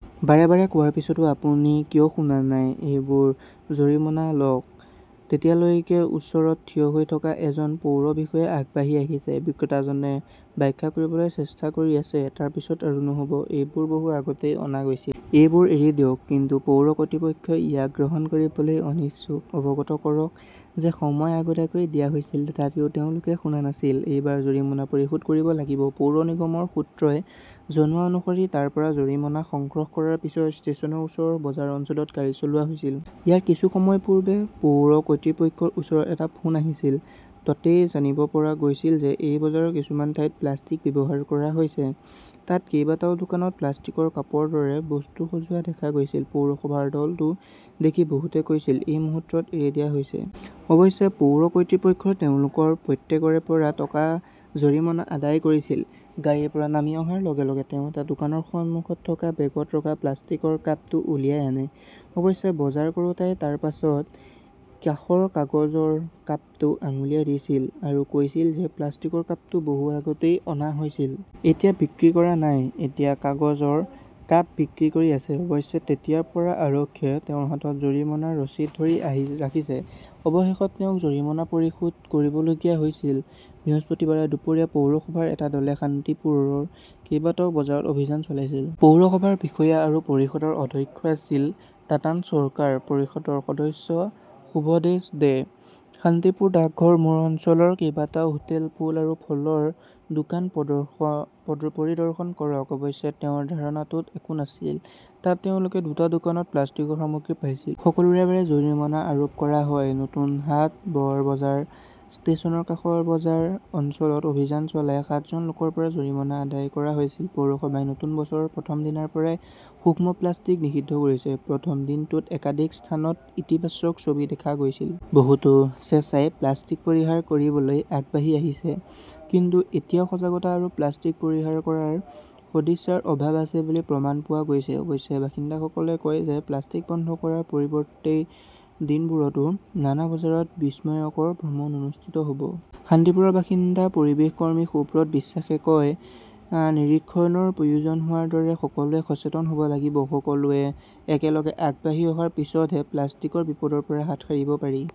বাৰে বাৰে কোৱাৰ পিছতো আপুনি কিয় শুনা নাই? এইবোৰ জৰিমনা লওক। তেতিয়ালৈকে ওচৰত থিয় হৈ থকা এজন পৌৰ বিষয়া আগবাঢ়ি আহিছে। বিক্ৰেতাজনে ব্যাখ্যা কৰিবলৈ চেষ্টা কৰি আছে, তাৰ পিছত আৰু নহ 'ব। এইবোৰ বহু আগতেই অনা হৈছিল। এইবাৰ এৰি দিয়ক। কিন্তু পৌৰ কৰ্তৃপক্ষই ইয়াক গ্ৰহণ কৰিবলৈ অনিচ্ছুক। অৱগত কৰক যে সময় আগতীয়াকৈ দিয়া হৈছিল। তথাপিও তেওঁলোকে শুনা নাছিল। এইবাৰ জৰিমনা পৰিশোধ কৰিব লাগিব। পৌৰ নিগমৰ সূত্ৰই জনোৱা অনুসৰি তাৰ পৰা জৰিমনা সংগ্ৰহ কৰাৰ পিছত ষ্টেচনৰ ওচৰৰ বজাৰ অঞ্চলত গাড়ী চলোৱা হৈছিল। ইয়াৰ কিছু সময় পূৰ্বে পৌৰ কৰ্তৃপক্ষৰ ওচৰত এটা ফোন আহিছিল, তাতেই জানিব পৰা গৈছিল যে এই বজাৰৰ কিছুমান ঠাইত প্লাষ্টিক ব্যৱহাৰ কৰা হৈছে। তাত কেইবাটাও দোকানত প্লাষ্টিকৰ কাপৰ দৰে বস্তু সজোৱা দেখা গৈছিল। পৌৰসভাৰ দলটো দেখি বহুতে কৈছিল, এই মুহূৰ্তত এৰি দিয়া হৈছে। অৱশ্যে পৌৰ কৰ্তৃপক্ষই তেওঁলোকৰ প্ৰত্যেকৰে পৰা টকা জৰিমনা আদায় কৰিছিল। গাড়ীৰ পৰা নামি অহাৰ লগে -লগে তেওঁ এটা দোকানৰ সন্মুখত থকা বেগত ৰখা প্লাষ্টিকৰ কাপটো উলিয়াই আনে। অৱশ্যে বজাৰ কৰোঁতাই তাৰ পিছত কাষৰ কাগজৰ কাপটো আঙুলিয়াই দিছিল, আৰু কৈছিল যে প্লাষ্টিকৰ কাপটো বহু আগতেই অনা হৈছিল। এতিয়া বিক্ৰী কৰা নাই। এতিয়া কাগজৰ কাপ বিক্ৰী কৰি আছে। অৱশ্যে তেতিয়াৰ পৰা আৰক্ষীয়ে তেওঁৰ হাতত জৰিমনাৰ ৰচিদ ধৰি ৰাখিছে। অৱশেষত তেওঁক জৰিমনা পৰিশোধ কৰিবলগীয়া হৈছিল। বৃহস্পতিবাৰে দুপৰীয়া পৌৰসভাৰ এটা দলে শান্তিপুৰৰ কেইবাটাও বজাৰত অভিযান চলাইছিল। পৌৰসভাৰ বিষয়া আৰু পৰিষদৰ অধ্যক্ষ আছিল তাতান চৰকাৰ। পৰিষদৰ সদস্য শুভজিৎ দে। শান্তিপুৰ ডাকঘৰ মোৰ অঞ্চলৰ কেইবাটাও হোটেল, ফুল আৰু ফলৰ দোকান পৰিদৰ্শন কৰক। অৱশ্যে তেওঁৰ ধাৰণাটোত একো নাছিল। তাত তেওঁলোকে দুটা দোকানত প্লাষ্টিকৰ সামগ্ৰী পাইছিল। সকলোৰে বাবে জৰিমনা আৰোপ কৰা হয়। নতুন হাট, বৰবাজাৰ ,ষ্টেচনৰ কাষৰ বজাৰ অঞ্চলত অভিযান চলাই সাতজন লোকৰ পৰা জৰিমনা আদায় কৰা হৈছিল। পৌৰসভাই নতুন বছৰৰ প্ৰথম দিনৰ পৰাই সূক্ষ্ম প্লাষ্টিক নিষিদ্ধ কৰিছে। প্ৰথম দিনটোত একাধিক স্থানত ইতিবাচক ছবি দেখা গৈছিল। বহুটো স্বেচ্ছাই প্লাষ্টিক পৰিহাৰ কৰিবলৈ আগবাঢ়ি আহিছে, কিন্তু এতিয়াও সজাগতা আৰু প্লাষ্টিক পৰিহাৰ কৰাৰ সদিচ্ছাৰ অভাৱ আছে বুলি প্ৰমাণ পোৱা গৈছে। অৱশ্যে বাসিন্দাসকলে কয় যে প্লাষ্টিক বন্ধ কৰাৰ পৰৱৰ্তী দিনবোৰতো নানা বজাৰত বিস্ময়কৰ ভ্ৰমণ অনুষ্ঠিত হ'ব। শান্তিপুৰৰ বাসিন্দা পৰিৱেশ কৰ্মী সুব্ৰত বিশ্বাসে কয়, নিৰীক্ষণৰ প্ৰয়োজন হোৱাৰ দৰে সকলোৱে সচেতন হ'ব লাগিব। সকলোৱে একেলগে আগবাঢ়ি অহাৰ পিছতহে প্লাষ্টিকৰ বিপদৰ পৰা হাত সাৰিব পাৰি